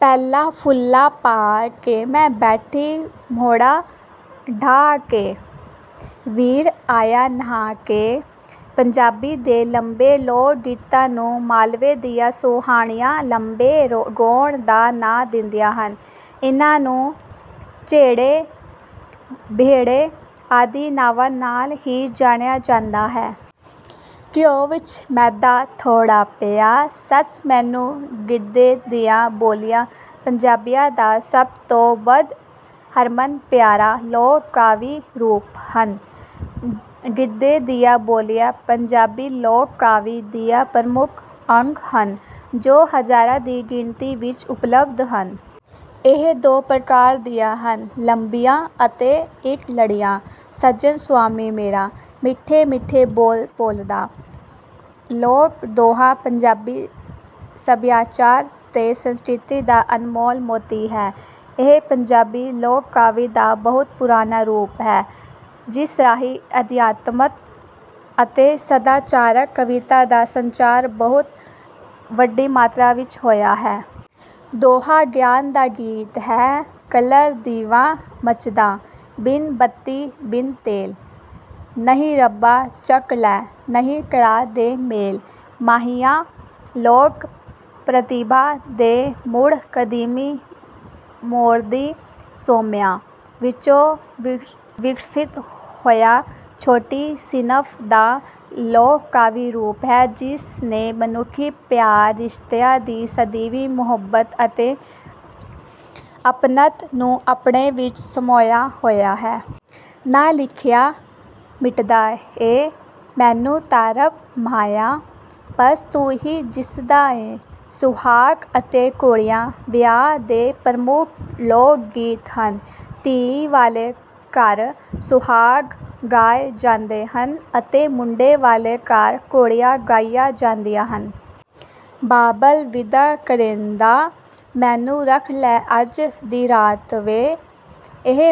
“ਪੈਲਾ ਫੁੱਲਾਂ ਪਾ ਕੇ, ਮੈਂ ਬੈਠੀ ਮੂਹੜਾ ਡਾਹ ਕੇ; ਵੀਰ ਆਇਆ ਨਹਾ ਕੇ।” ਪੰਜਾਬੀ ਦੇ ਲੰਬੇ ਲੋਕ-ਗੀਤਾਂ ਨੂੰ ਮਾਲਵੇ ਦੀਆਂ ਸੁਆਣੀਆਂ ‘ਲੰਬੇ ਗੌਣ’ ਦਾ ਨਾਂ ਦਿੰਦੀਆਂ ਹਨ। ਇਨ੍ਹਾਂ ਨੂੰ ‘ਝੇੜੇ’, ‘ਬਿਰਹੜੇ’ ਆਦਿ ਨਾਵਾਂ ਨਾਲ ਵੀ ਜਾਣਿਆ ਜਾਂਦਾ ਹੈ। “ਘਿਓ ਵਿੱਚ ਮੈਦਾ ਥੋੜ੍ਹਾ ਪਿਆ, ਸੱਸ ਮੈਨੂੰ ...” ਗਿੱਧੇ ਦੀਆਂ ਬੋਲੀਆਂ ਪੰਜਾਬੀਆਂ ਦਾ ਸਭ ਤੋਂ ਵੱਧ ਹਰਮਨ-ਪਿਆਰਾ ਲੋਕ-ਕਾਵਿ ਰੂਪ ਹਨ। ਗਿੱਧੇ ਦੀਆਂ ਬੋਲੀਆਂ ਪੰਜਾਬੀ ਲੋਕ-ਕਾਵਿ ਦਾ ਪ੍ਰਮੁੱਖ ਅੰਗ ਹਨ, ਜੋ ਹਜ਼ਾਰਾਂ ਦੀ ਗਿਣਤੀ ਵਿੱਚ ਉਪਲੱਬਧ ਹਨ। ਇਹ ਦੋ ਪ੍ਰਕਾਰ ਦੀਆਂ ਹਨ—ਲੰਬੀਆਂ ਅਤੇ ਇੱਕ-ਲੜੀਆਂ। “ਸੱਜਣ ਸੁਆਮੀ ਮੇਰਾ, ਮਿੱਠੇ-ਮਿੱਠੇ ਬੋਲ ਬੋਲਦਾ।” ਲੋਕ-ਦੋਹਾ ਪੰਜਾਬੀ ਸੱਭਿਆਚਾਰ ਤੇ ਸੰਸਕ੍ਰਿਤੀ ਦਾ ਅਨਮੋਲ ਮੋਤੀ ਹੈ। ਇਹ ਪੰਜਾਬੀ ਲੋਕ-ਕਾਵਿ ਦਾ ਬਹੁਤ ਪੁਰਾਣਾ ਰੂਪ ਹੈ, ਜਿਸ ਰਾਹੀਂ ਅਧਿਆਤਮਕ ਅਤੇ ਸਦਾਚਾਰਕ ਕਵਿਤਾ ਦਾ ਸੰਚਾਰ ਬਹੁਤ ਵੱਡੀ ਮਾਤਰਾ ਵਿੱਚ ਹੋਇਆ ਹੈ। ਦੋਹਾ ਗਿਆਨ ਦਾ ਗੀਤ ਹੈ। “ਕੱਲਰ ਦੀਵਾ ਮੱਚਦਾ, ਬਿਨ ਬੱਤੀ ਬਿਨ ਤੇਲ; ਨਹੀਂ ਰੱਬਾ, ਚੱਕ ਲੈ; ਨਹੀਂ ਕਰਾ ਦੇ ਮੇਲ।” ‘ਮਾਹੀਆ’ ਲੋਕ-ਪ੍ਰਤਿਭਾ ਦੇ ਮੁੱਢ-ਕਦੀਮੀ ਸਰੋਦੀ ਸੋਮਿਆਂ ਵਿੱਚੋਂ ਵਿਕਸਿਤ ਹੋਇਆ ਛੋਟੀ ਸਿਨਫ਼ ਦਾ ਲੋਕ-ਕਾਵਿ ਰੂਪ ਹੈ, ਜਿਸ ਨੇ ਮਨੁੱਖੀ ਪਿਆਰ, ਰਿਸ਼ਤਿਆਂ ਦੀ ਸਦੀਵੀਂ ਮੁਹੱਬਤ ਅਤੇ ਅਪਣੱਤ ਨੂੰ ਆਪਣੇ ਵਿੱਚ ਸਮੋਇਆ ਹੋਇਆ ਹੈ। “ਨਾ ਲਿਖਿਆ ਮਿਟਦਾ ਏ, ਮੈਨੂੰ ਤਾਂ ਰੱਬ ਮਾਹੀਆ, ਬੱਸ ਤੂੰ ਹੀ ਦਿਸਦਾ ਏ।” ‘ਸੁਹਾਗ’ ਅਤੇ ‘ਘੋੜੀਆਂ’ ਵਿਆਹ ਦੇ ਪ੍ਰਮੁੱਖ ਲੋਕ-ਗੀਤ ਹਨ। ਧੀ ਵਾਲੇ ਘਰ ਸੁਹਾਗ ਗਾਏ ਜਾਂਦੇ ਹਨ ਅਤੇ ਮੁੰਡੇ ਵਾਲੇ ਘਰ ਘੋੜੀਆਂ ਗਾਈਆਂ ਜਾਂਦੀਆਂ ਹਨ। “ਬਾਬਲ, ਵਿਦਾ ਕਰੇਂਦਿਆ, ਮੈਨੂੰ ਰੱਖ ਲੈ ਅੱਜ ਦੀ ਰਾਤ ਵੇ।” ਇਹ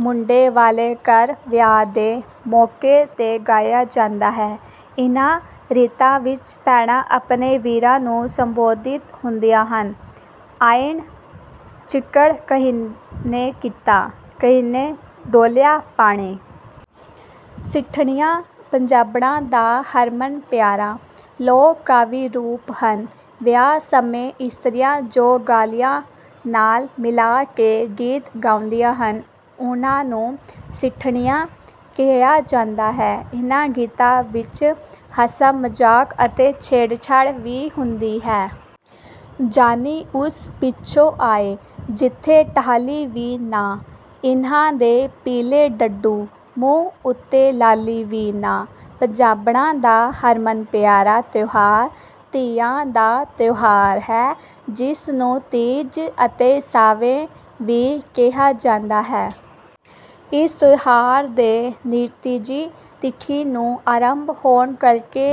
ਮੁੰਡੇ ਵਾਲੇ ਘਰ ਵਿਆਹ ਦੇ ਮੌਕੇ ’ਤੇ ਗਾਈਆਂ ਜਾਂਦੀਆਂ ਹਨ। ਇਨ੍ਹਾਂ ਰੀਤਾਂ ਵਿੱਚ ਭੈਣਾਂ ਆਪਣੇ ਵੀਰਾਂ ਨੂੰ ਸੰਬੋਧਿਤ ਹੁੰਦੀਆਂ ਹਨ। “ਆਇਣ ਚਿੱਕੜ ਕੀਹਨੇ ਕੀਤਾ, ਕੀਹਨੇ ਡੋਲ੍ਹਿਆ ਪਾਣੀ?” ਸਿੱਠਣੀਆਂ ਪੰਜਾਬਣਾਂ ਦਾ ਹਰਮਨ-ਪਿਆਰਾ ਲੋਕ-ਕਾਵਿ ਰੂਪ ਹਨ। ਵਿਆਹ ਸਮੇਂ ਇਸਤਰੀਆਂ ਜੋ ਗਾਲੀਆਂ ਨਾਲ ਮਿਲਾ ਕੇ ਗੀਤ ਗਾਉਂਦੀਆਂ ਹਨ, ਉਨ੍ਹਾਂ ਨੂੰ ਸਿੱਠਣੀਆਂ ਕਿਹਾ ਜਾਂਦਾ ਹੈ। ਇਨ੍ਹਾਂ ਗੀਤਾਂ ਵਿੱਚ ਹਾਸਾ-ਮਜ਼ਾਕ ਅਤੇ ਛੇੜਛਾੜ ਵੀ ਹੁੰਦੀ ਹੈ। “ਜਾਨੀ ਉਸ ਪਿੱਛੋਂ ਆਏ, ਜਿੱਥੇ ਟਾਹਲੀ ਵੀ ਨਾ; ਇਨ੍ਹਾਂ ਦੇ ਪੀਲੇ ਡੱਡੂ, ਮੂੰਹ ਉੱਤੇ ਲਾਲੀ ਵੀ ਨਾ।” ਪੰਜਾਬਣਾਂ ਦਾ ਹਰਮਨ-ਪਿਆਰਾ ਤਿਉਹਾਰ ‘ਤੀਆਂ’ ਦਾ ਤਿਉਹਾਰ ਹੈ, ਜਿਸ ਨੂੰ ‘ਤੀਜ’ ਅਤੇ ‘ਸਾਵੇ’ ਵੀ ਕਿਹਾ ਜਾਂਦਾ ਹੈ। ਇਸ ਤਿਉਹਾਰ ਦੇ ਤੀਜੀ ਤਿਥੀ ਨੂੰ ਆਰੰਭ ਹੋਣ ਕਰਕੇ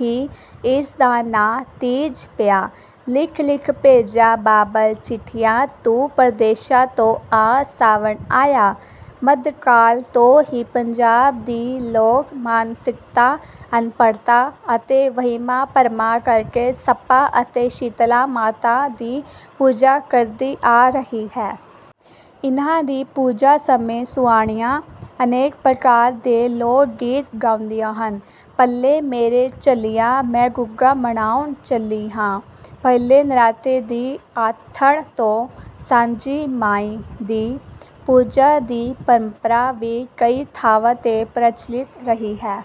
ਹੀ ਇਸ ਦਾ ਨਾਂ ‘ਤੀਜ’ ਪਿਆ। “ਲਿਖ-ਲਿਖ ਭੇਜਾਂ ਬਾਬਲ ਚਿੱਠੀਆਂ, ਤੂੰ ਪਰਦੇਸਾਂ ਤੋਂ ਆ; ਸਾਵਣ ਆਇਆ।” ਮੱਧਕਾਲ ਤੋਂ ਹੀ ਪੰਜਾਬ ਦੀ ਲੋਕ-ਮਾਨਸਿਕਤਾ ਅਨਪੜ੍ਹਤਾ ਅਤੇ ਵਹਿਮਾਂ-ਭਰਮਾਂ ਕਰਕੇ ਸੱਪਾਂ ਅਤੇ ਸੀਤਲਾ ਮਾਤਾ ਦੀ ਪੂਜਾ ਕਰਦੀ ਆ ਰਹੀ ਹੈ। ਇਨ੍ਹਾਂ ਦੀ ਪੂਜਾ ਸਮੇਂ ਸੁਆਣੀਆਂ ਅਨੇਕ ਪ੍ਰਕਾਰ ਦੇ ਲੋਕ-ਗੀਤ ਗਾਉਂਦੀਆਂ ਹਨ। “ਪੱਲੇ ਮੇਰੇ ਛੱਲੀਆਂ, ਮੈਂ ਗੁੱਗਾ ਮਨਾਵਣ ਚੱਲੀ ਆਂ।” ਪਹਿਲੇ ਨਰਾਤੇ ਦੀ ਆਥਣ ਤੋਂ ‘ਸਾਂਝੀ ਮਾਈ’ ਦੀ ਪੂਜਾ ਦੀ ਪਰੰਪਰਾ ਵੀ ਕਈ ਥਾਵਾਂ ’ਤੇ ਪ੍ਰਚਲਿਤ ਰਹੀ ਹੈ।